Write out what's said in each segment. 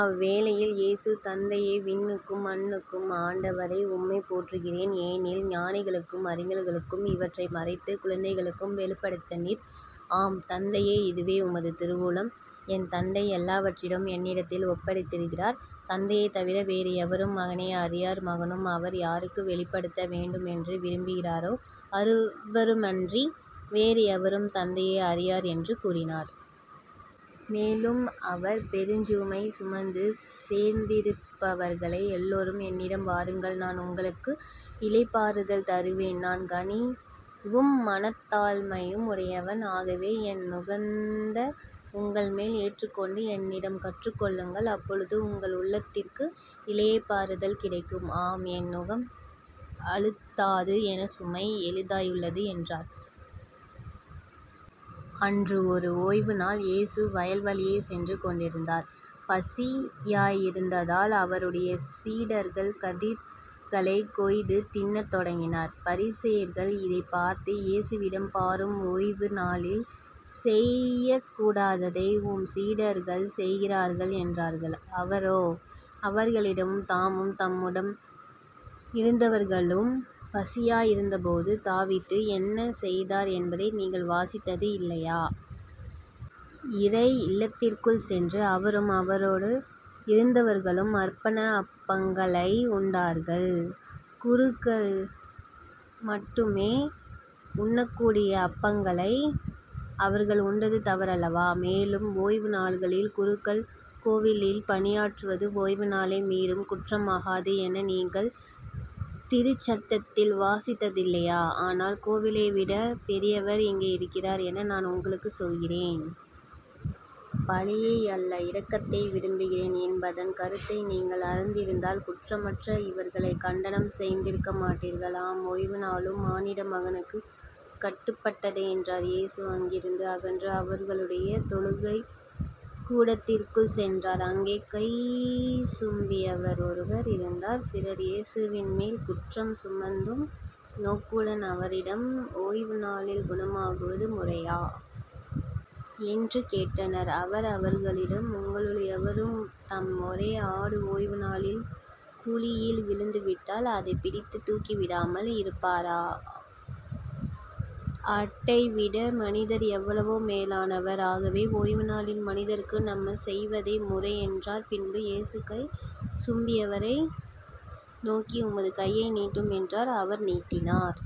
அவ்வேளையில் இயேசு தந்தையே விண்ணுக்கும் மண்ணுக்கும் ஆண்டவரே உம்மைப் போற்றுகிறேன். ஏனெனில் ஞானிகளுக்கும் அறிஞர்களுக்கும் இவற்றை மறைத்துக் குழந்தைகளுக்கு வெளிப்படுத்தினீர். ஆம் தந்தையே இதுவே உமது திருவுளம். என் தந்தை எல்லாவற்றையும் என்னிடத்தில் ஒப்படைத்திருக்கிறார். தந்தையைத் தவிர வேறு எவரும் மகனை அறியார் மகனும் அவர் யாருக்கு வெளிப்படுத்த வேண்டுமென்று விரும்புகிறாரோ அவருமன்றி வேறு எவரும் தந்தையை அறியார் என்று கூறினார். மேலும் அவர் பெருஞ்சுமை சுமந்து சோர்ந்திருப்பவர்களே எல்லாரும் என்னிடம் வாருங்கள் நான் உங்களுக்கு இளைப்பாறுதல் தருவேன். நான் கனிவும் மனத்தாழ்மையும் உடையவன். ஆகவே என் நுகத்தை உங்கள்மேல் ஏற்றுக்கொண்டு என்னிடம் கற்றுக்கொள்ளுங்கள். அப்பொழுது உங்கள் உள்ளத்திற்கு இளைப்பாறுதல் கிடைக்கும். ஆம் என் நுகம் அழுத்தாது என் சுமை எளிதாயுள்ளது என்றார். அன்று ஓர் ஓய்வுநாள். இயேசு வயல்வழியே சென்று கொண்டிருந்தார். பசியாயிருந்ததால் அவருடைய சீடர்கள் கதிர்களைக் கொய்து தின்னத் தொடங்கினார். பரிசேயர்கள் இதைப் பார்த்து இயேசுவிடம் பாரும் ஓய்வு நாளில் செய்யக்கூடாததை உம் சீடர்கள் செய்கிறார்கள் என்றார்கள். அவரோ அவர்களிடமும் தாமும் தம்முடன் இருந்தவர்களும் பசியாய் இருந்தபோது தாவீது என்ன செய்தார் என்பதை நீங்கள் வாசித்தது இல்லையா? இறை இல்லத்திற்குள் சென்று அவரும் அவரோடு இருந்தவர்களும் அர்ப்பண அப்பங்களை உண்டார்கள். குருக்கள் மட்டுமே உண்ணக்கூடிய அப்பங்களை அவர்கள் உண்டது தவறல்லவா? மேலும் ஓய்வு நாள்களில் குருக்கள் கோவிலில் பணியாற்றுவது ஓய்வுநாளை மீறும் குற்றமாகாது என நீங்கள் திருச்சட்டத்தில் வாசித்ததில்லையா? ஆனால் கோவிலைவிடப் பெரியவர் இங்கே இருக்கிறார் என நான் உங்களுக்குச் சொல்லுகிறேன். பலியை அல்ல இரக்கத்தையே விரும்புகிறேன் என்பதன் கருத்தை நீங்கள் அறிந்திருந்தால் குற்றமற்ற இவர்களைக் கண்டனம் செய்திருக்கமாட்டீர்கள் ஆம் ஓய்வு நாளும் மானிட மகனுக்குக் கட்டுப்பட்டதே என்றார் இயேசு அங்கிருந்து அகன்று அவர்களுடைய தொழுகைக்கூடத்திற்குள் சென்றார் அங்கே கை சூம்பியவர் ஒருவர் இருந்தார் சிலர் இயேசுவின்மேல் குற்றம் சுமத்தும் நோக்குடன் அவரிடம் ஓய்வுநாளில் குணமாக்குவது முறையா? என்று கேட்டனர். அவர் அவர்களிடம் உங்களுள் எவரும் தம் ஒரே ஆடு ஓய்வு நாளில் குழியில் விழுந்துவிட்டால் அதைப் பிடித்துத் தூக்கி விடாமல் இருப்பாரா? ஆட்டைவிட மனிதர் எவ்வளவோ மேலானவர் ஆகவே ஓய்வுநாளில் மனிதருக்கு நன்மை செய்வதே முறை என்றார். பின்பு இயேசு கை சூம்பியவரை நோக்கி உமது கையை நீட்டும் என்றார் அவர் நீட்டினார்.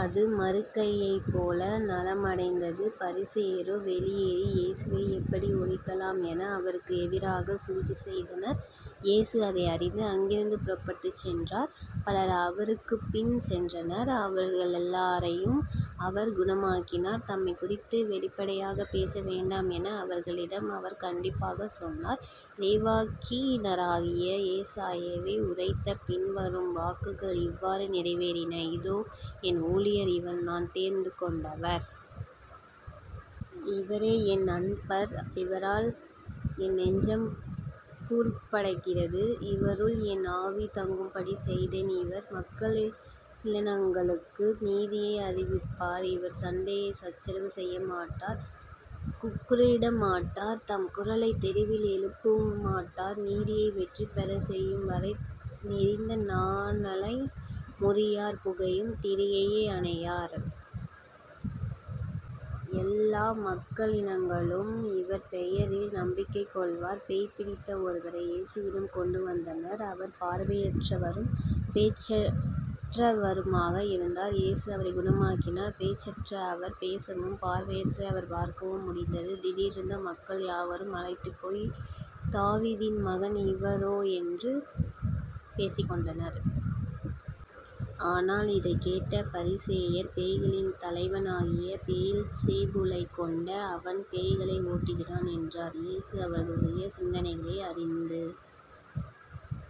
அது மறு கையைப் போல நலமடைந்தது. பரிசேயரோ வெளியேறி இயேசுவை எப்படி ஒழிக்கலாம் என அவருக்கு எதிராகச் சூழ்ச்சி செய்தனர் இயேசு அதை அறிந்து அங்கிருந்து புறப்பட்டுச் சென்றார் பலர் அவருக்குப்பின் சென்றனர். அவர்களெல்லாரையும் அவர் குணமாக்கினார். தம்மைக் குறித்து வெளிப்படையாகப் பேச வேண்டாம் என அவர்களிடம் அவர் கண்டிப்பாகச் சொன்னார் இறைவாக்கினராகிய எசாயா உரைத்த பின்வரும் வாக்குகள் இவ்வாறு நிறைவேறின இதோ என் ஊழியர் இவர் நான் தேர்ந்துகொண்டவர். இவரே என் அன்பர் இவரால் என் நெஞ்சம் பூரிப்படைகிறது இவருள் என் ஆவி தங்கும்படி செய்தேன் இவர் மக்களினங்களுக்கு நீதியை அறிவிப்பார். இவர் சண்டை சச்சரவு செய்யமாட்டார் கூக்குரலிடமாட்டார் தம் குரலைத் தெருவில் எழுப்பவுமாட்டார் நீதியை வெற்றி பெறச் செய்யும்வரை நெரிந்த நாணலை முறியார் புகையும் திரியை அணையார். எல்லா மக்களினங்களும் இவர் பெயரில் நம்பிக்கை கொள்வர். பேய்பிடித்த ஒருவரை இயேசுவிடம் கொண்டுவந்தனர். அவர் பார்வையற்றவரும் பேச்சற்றவருமாக இருந்தார். இயேசு அவரைக் குணமாக்கினார். பேச்சற்ற அவர் பேசவும் பார்வையற்ற அவர் பார்க்கவும் முடிந்தது. திரண்டிருந்த மக்கள் யாவரும் மலைத்துப் போய், தாவீதின் மகன் இவரோ? என்று பேசிக்கொண்டனர். ஆனால் இதைக் கேட்ட பரிசேயர் பேய்களின் தலைவனாகிய பெயல்செபூலைக் கொண்டே அவன் பேய்களை ஓட்டுகிறான் என்றனர். இயேசு அவர்களுடைய சிந்தனைகளை அறிந்து